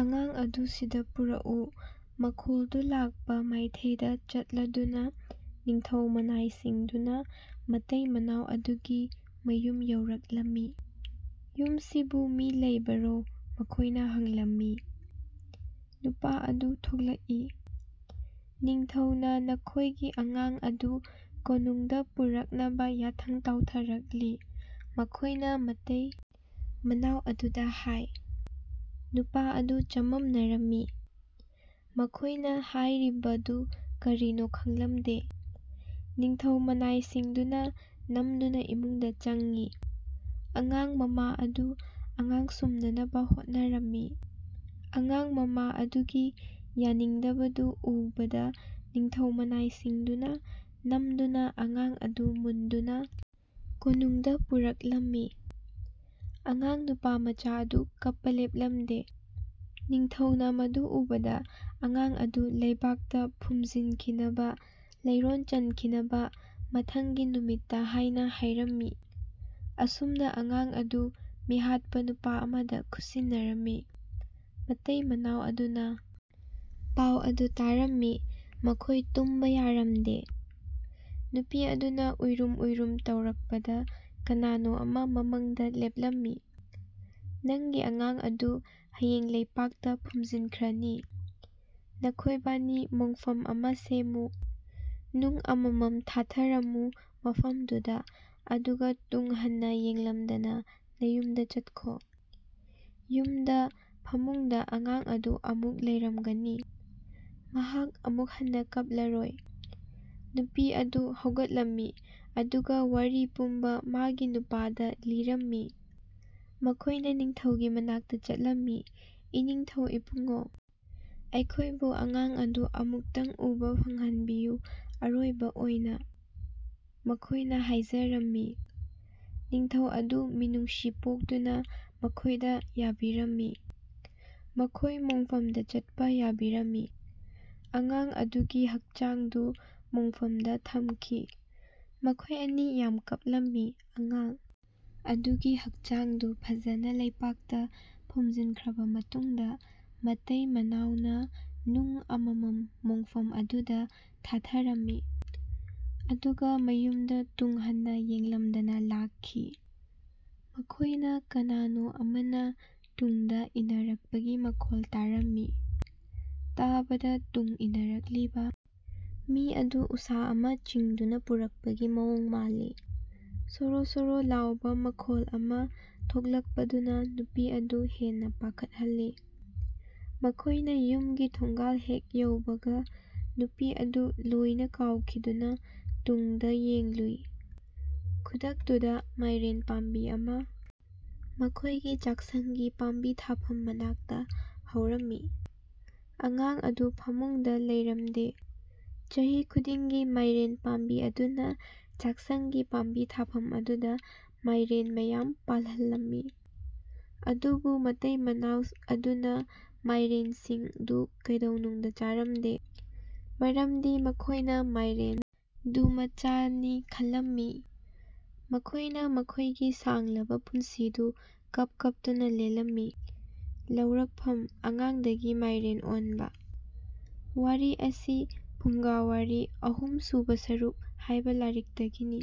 ꯑꯉꯥꯡ ꯑꯗꯨ ꯁꯤꯗ ꯄꯨꯔꯛꯎ꯫" ꯃꯈꯣꯜꯗꯨ ꯂꯥꯛꯄ ꯃꯥꯢꯊꯩꯗ ꯆꯠꯂꯗꯨꯅ ꯅꯤꯡꯊꯧ ꯃꯅꯥꯢꯁꯤꯡꯗꯨꯅ ꯃꯇꯩ ꯃꯅꯥꯎ ꯑꯗꯨꯒꯤ ꯃꯌꯨꯝ ꯌꯧꯔꯛꯂꯝꯃꯤ꯫ "ꯌꯨꯝꯁꯤꯕꯨ ꯃꯤ ꯂꯩꯕꯔꯣ?"ꯃꯈꯣꯢꯅ ꯍꯪꯂꯝꯃꯤ꯫ ꯅꯨꯄꯥ ꯑꯗꯨ ꯊꯣꯛꯂꯛꯏ,"ꯅꯤꯡꯊꯧ ꯅ ꯅꯈꯣꯢ ꯒꯤ ꯑꯉꯥꯡ ꯑꯗꯨ ꯀꯣꯅꯨꯡ ꯗ ꯄꯨꯔꯛꯅꯕ ꯌꯥꯊꯪ ꯇꯥꯎꯊꯔꯛꯂꯤ꯫"ꯃꯈꯣꯢꯅ ꯃꯇꯩ ꯃꯅꯥꯎ ꯑꯗꯨꯗ ꯍꯥꯢ꯫ ꯅꯨꯄꯥ ꯑꯗꯨ ꯆꯃꯝꯅꯔꯝꯃꯤ꯫ ꯃꯈꯣꯢꯅ ꯍꯥꯢꯔꯤꯕꯗꯨ ꯀꯔꯤꯅꯣ ꯈꯪꯂꯝꯗꯦ꯫ ꯅꯤꯡꯊꯧ ꯃꯅꯥꯢꯁꯤꯡꯗꯨꯅ ꯅꯝꯗꯨꯅ ꯏꯃꯨꯡꯗ ꯆꯪꯏ꯫ ꯑꯉꯥꯡ ꯃꯃꯥ ꯑꯗꯨ ꯑꯉꯥꯡ ꯁꯨꯝꯅꯅꯕ ꯍꯣꯠꯅꯔꯝꯃꯤ꯫ ꯑꯉꯥꯡ ꯃꯃꯥ ꯑꯗꯨ ꯒꯤ ꯌꯥꯅꯤꯡꯗꯕꯗꯨ ꯎꯕꯗ ꯅꯤꯡꯊꯧ ꯃꯅꯥꯢꯁꯤꯡꯗꯨꯅ ꯅꯝꯗꯨꯅ ꯑꯉꯥꯡ ꯑꯗꯨ ꯃꯨꯟꯗꯨꯅ ꯀꯣꯅꯨꯡ ꯗ ꯄꯨꯔꯛꯂꯝꯃꯤ꯫ ꯑꯉꯥꯡ ꯅꯨꯄꯥ ꯃꯆꯥ ꯑꯗꯨ ꯀꯞꯄ ꯂꯦꯞꯂꯝꯗꯦ꯫ ꯅꯤꯡꯊꯧ ꯅ ꯃꯗꯨ ꯎꯕꯗ ꯑꯉꯥꯡ ꯑꯗꯨ ꯂꯩꯄꯥꯛꯇ ꯐꯨꯝꯖꯤꯟꯈꯤꯅꯕ (ꯂꯩꯔꯣꯟ ꯆꯟꯈꯤꯅꯕ) ꯃꯊꯪꯒꯤ ꯅꯨꯃꯤꯠꯇ ꯍꯥꯢꯅ ꯍꯥꯢꯔꯝꯃꯤ꯫ ꯑꯁꯨꯝꯅ, ꯑꯉꯥꯡ ꯑꯗꯨ ꯃꯤꯍꯥꯠꯄ ꯅꯨꯄꯥ ꯑꯃꯗ ꯈꯨꯠꯁꯤꯟꯅꯔꯝꯃꯤ꯫ ꯃꯇꯩ ꯃꯅꯥꯎ ꯑꯗꯨꯅ ꯄꯥꯎ ꯑꯗꯨ ꯇꯥꯔꯝꯃꯤ꯫ ꯃꯈꯣꯢ ꯇꯨꯝꯕ ꯌꯥꯔꯝꯗꯦ꯫ ꯅꯨꯄꯤ ꯑꯗꯨꯅ ꯎꯏꯔꯨꯝ ꯎꯏꯔꯨꯝ ꯇꯧꯔꯛꯄꯗ ꯀꯅꯥꯅꯣ ꯑꯃ ꯃꯃꯪꯗ ꯂꯦꯞꯂꯝꯃꯤ꯫ "ꯅꯪꯒꯤ ꯑꯉꯥꯡ ꯑꯗꯨ ꯍꯌꯦꯡ ꯂꯩꯄꯥꯛꯇ ꯐꯨꯝꯖꯤꯟꯈ꯭ꯔꯅꯤ꯫ ꯅꯈꯣꯢꯕꯥꯅꯤ ꯃꯣꯡꯐꯝ ꯑꯃ ꯁꯦꯝꯃꯨ꯫ ꯅꯨꯡ ꯑꯃꯃꯝ ꯊꯥꯊꯔꯝꯃꯨ ꯃꯐꯝꯗꯨꯗ ꯑꯗꯨꯒ ꯇꯨꯡ ꯍꯟꯅ ꯌꯦꯡꯂꯝꯗꯅ ꯅꯌꯨꯝꯗ ꯆꯠꯈꯣ꯫ ꯌꯨꯝꯗ ꯐꯃꯨꯡꯗ ꯑꯉꯥꯡ ꯑꯗꯨ ꯑꯃꯨꯛ ꯂꯩꯔꯝꯒꯅꯤ꯫ ꯃꯍꯥꯛ ꯑꯃꯨꯛ ꯍꯟꯅ ꯀꯞꯂꯔꯣꯢ꯫"ꯅꯨꯄꯤ ꯑꯗꯨ ꯍꯧꯒꯠꯂꯝꯃꯤ꯫ ꯑꯗꯨꯒ ꯋꯥꯔꯤ ꯄꯨꯝꯕ ꯃꯥꯒꯤ ꯅꯨꯄꯥ ꯗ ꯂꯤꯔꯝꯃꯤ꯫ ꯃꯈꯣꯢꯅ ꯅꯤꯡꯊꯧꯒꯤ ꯃꯅꯥꯛꯇ ꯆꯠꯂꯝꯃꯤ꯫ "ꯏꯅꯤꯡꯊꯧ ꯏꯄꯨꯉꯣ! ꯑꯩꯈꯣꯢꯕꯨ ꯑꯉꯥꯡ ꯑꯗꯨ ꯑꯃꯨꯛꯇꯪ ꯎꯕ ꯐꯪꯍꯟꯕꯤꯌꯨ ꯑꯔꯣꯢꯕ ꯑꯣꯢꯅ꯫" ꯃꯈꯣꯢꯅ ꯍꯥꯢꯖꯔꯝꯃꯤ꯫ ꯅꯤꯡꯊꯧ ꯑꯗꯨ ꯃꯤꯅꯨꯡꯁꯤ ꯄꯣꯛꯇꯨꯅ ꯃꯈꯣꯢꯗ ꯌꯥꯕꯤꯔꯝꯃꯤ꯫ ꯃꯈꯣꯢ ꯃꯣꯡꯐꯝ ꯗ ꯆꯠꯄ ꯌꯥꯕꯤꯔꯝꯃꯤ꯫ ꯑꯉꯥꯡ ꯑꯗꯨ ꯒꯤ ꯍꯛꯆꯥꯡꯗꯨ ꯃꯣꯡꯐꯝ ꯗ ꯊꯝꯈꯤ꯫ ꯃꯈꯣꯢ ꯑꯅꯤ ꯌꯥꯝ ꯀꯞꯂꯝꯃꯤ꯫ ꯑꯉꯥꯡ ꯑꯗꯨ ꯒꯤ ꯍꯛꯆꯥꯡꯗꯨ ꯐꯖꯅ ꯂꯩꯄꯥꯛꯇ ꯐꯨꯝꯖꯤꯟꯈ꯭ꯔꯕ ꯃꯇꯨꯡꯗ ꯃꯇꯩ ꯃꯅꯥꯎ ꯅ ꯅꯨꯡ ꯑꯃꯃꯝ ꯃꯣꯡꯐꯝ ꯑꯗꯨꯗ ꯊꯥꯊꯔꯝꯃꯤ꯫ ꯑꯗꯨꯒ ꯃꯌꯨꯝꯗ ꯇꯨꯡ ꯍꯟꯅ ꯌꯦꯡꯂꯝꯗꯅ ꯂꯥꯛꯈꯤ꯫ ꯃꯈꯣꯢ ꯅ ꯀꯅꯥꯅꯣ ꯑꯃ ꯅ ꯇꯨꯡꯗ ꯏꯟꯅꯔꯛꯄꯒꯤ ꯃꯈꯣꯜ ꯇꯥꯔꯝꯃꯤ꯫ ꯇꯥꯕꯗ ꯇꯨꯡ ꯏꯟꯅꯔꯛꯂꯤꯕ ꯃꯤ ꯑꯗꯨ ꯎꯁꯥ ꯑꯃ ꯆꯤꯡꯗꯨꯅ ꯄꯨꯔꯛꯄꯒꯤ ꯃꯑꯣꯡ ꯃꯥꯜꯂꯤ꯫ "ꯁꯣꯔꯣ ꯁꯣꯔꯣ"ꯂꯥꯎꯕ ꯃꯈꯣꯜ ꯑꯃ ꯊꯣꯛꯂꯛꯄꯗꯨꯅ ꯅꯨꯄꯤ ꯑꯗꯨ ꯍꯦꯟꯅ ꯄꯥꯈꯠꯍꯜꯂꯤ꯫ ꯃꯈꯣꯢꯅ ꯃꯌꯨꯝꯒꯤ ꯊꯣꯡꯒꯥꯜ ꯍꯦꯛ ꯌꯧꯕꯒ, ꯅꯨꯄꯤ ꯑꯗꯨ ꯂꯣꯢꯅ ꯀꯥꯎꯈꯤꯗꯨꯅ ꯇꯨꯡ ꯗ ꯌꯦꯡꯂꯨꯏ꯫ ꯈꯨꯗꯛꯇꯨꯗ, ꯃꯥꯢꯔꯦꯟ ꯄꯥꯝꯕꯤ ꯑꯃ ꯃꯈꯣꯢ ꯒꯤ ꯆꯥꯛꯁꯪꯒꯤ ꯄꯥꯝꯕꯤ ꯊꯥꯐꯝ ꯃꯅꯥꯛꯇ ꯍꯧꯔꯝꯃꯤ꯫ ꯑꯉꯥꯡ ꯑꯗꯨ ꯐꯃꯨꯡꯗ ꯂꯩꯔꯝꯗꯦ꯫ ꯆꯍꯤ ꯈꯨꯗꯤꯡꯒꯤ ꯃꯥꯢꯔꯦꯟ ꯄꯥꯝꯕꯤ ꯑꯗꯨꯅ ꯆꯥꯛꯁꯪꯒꯤ ꯄꯥꯝꯕꯤ ꯊꯥꯐꯝ ꯑꯗꯨꯗ ꯃꯥꯢꯔꯦꯟ ꯃꯌꯥꯝ ꯄꯥꯜꯍꯜꯂꯝꯃꯤ꯫ ꯑꯗꯨꯕꯨ ꯃꯇꯩ ꯃꯅꯥꯎ ꯑꯗꯨꯅ ꯃꯥꯢꯔꯦꯟꯁꯤꯡꯗꯨ ꯀꯩꯗꯧꯅꯨꯡꯗ ꯆꯥꯔꯝꯗꯦ꯫ꯃꯔꯝꯗꯤ ꯃꯈꯣꯢ ꯅ ꯃꯥꯢꯔꯦꯟ ꯗꯨ ꯃꯆꯥꯗꯨꯅꯤ ꯈꯜꯂꯝꯃꯤ꯫ ꯃꯈꯣꯢ ꯅ ꯃꯈꯣꯢ ꯒꯤ ꯁꯥꯡꯂꯕ ꯄꯨꯟꯁꯤꯗꯨ ꯀꯞ ꯀꯞꯇꯨꯅ ꯂꯦꯜꯂꯝꯃꯤ꯫ ꯂꯧꯔꯛꯐꯝ "ꯑꯉꯥꯡ ꯗꯒꯤ ꯃꯥꯢꯔꯦꯟ ꯑꯣꯟꯕ" ꯋꯥꯔꯤ ꯑꯁꯤ "ꯐꯨꯡꯒꯥꯋꯥꯔꯤ, ꯑꯍꯨꯝ ꯁꯨꯕ ꯁꯔꯨꯛ" ꯍꯥꯢꯕ ꯂꯥꯢꯔꯤꯛꯇꯒꯤꯅꯤ꯫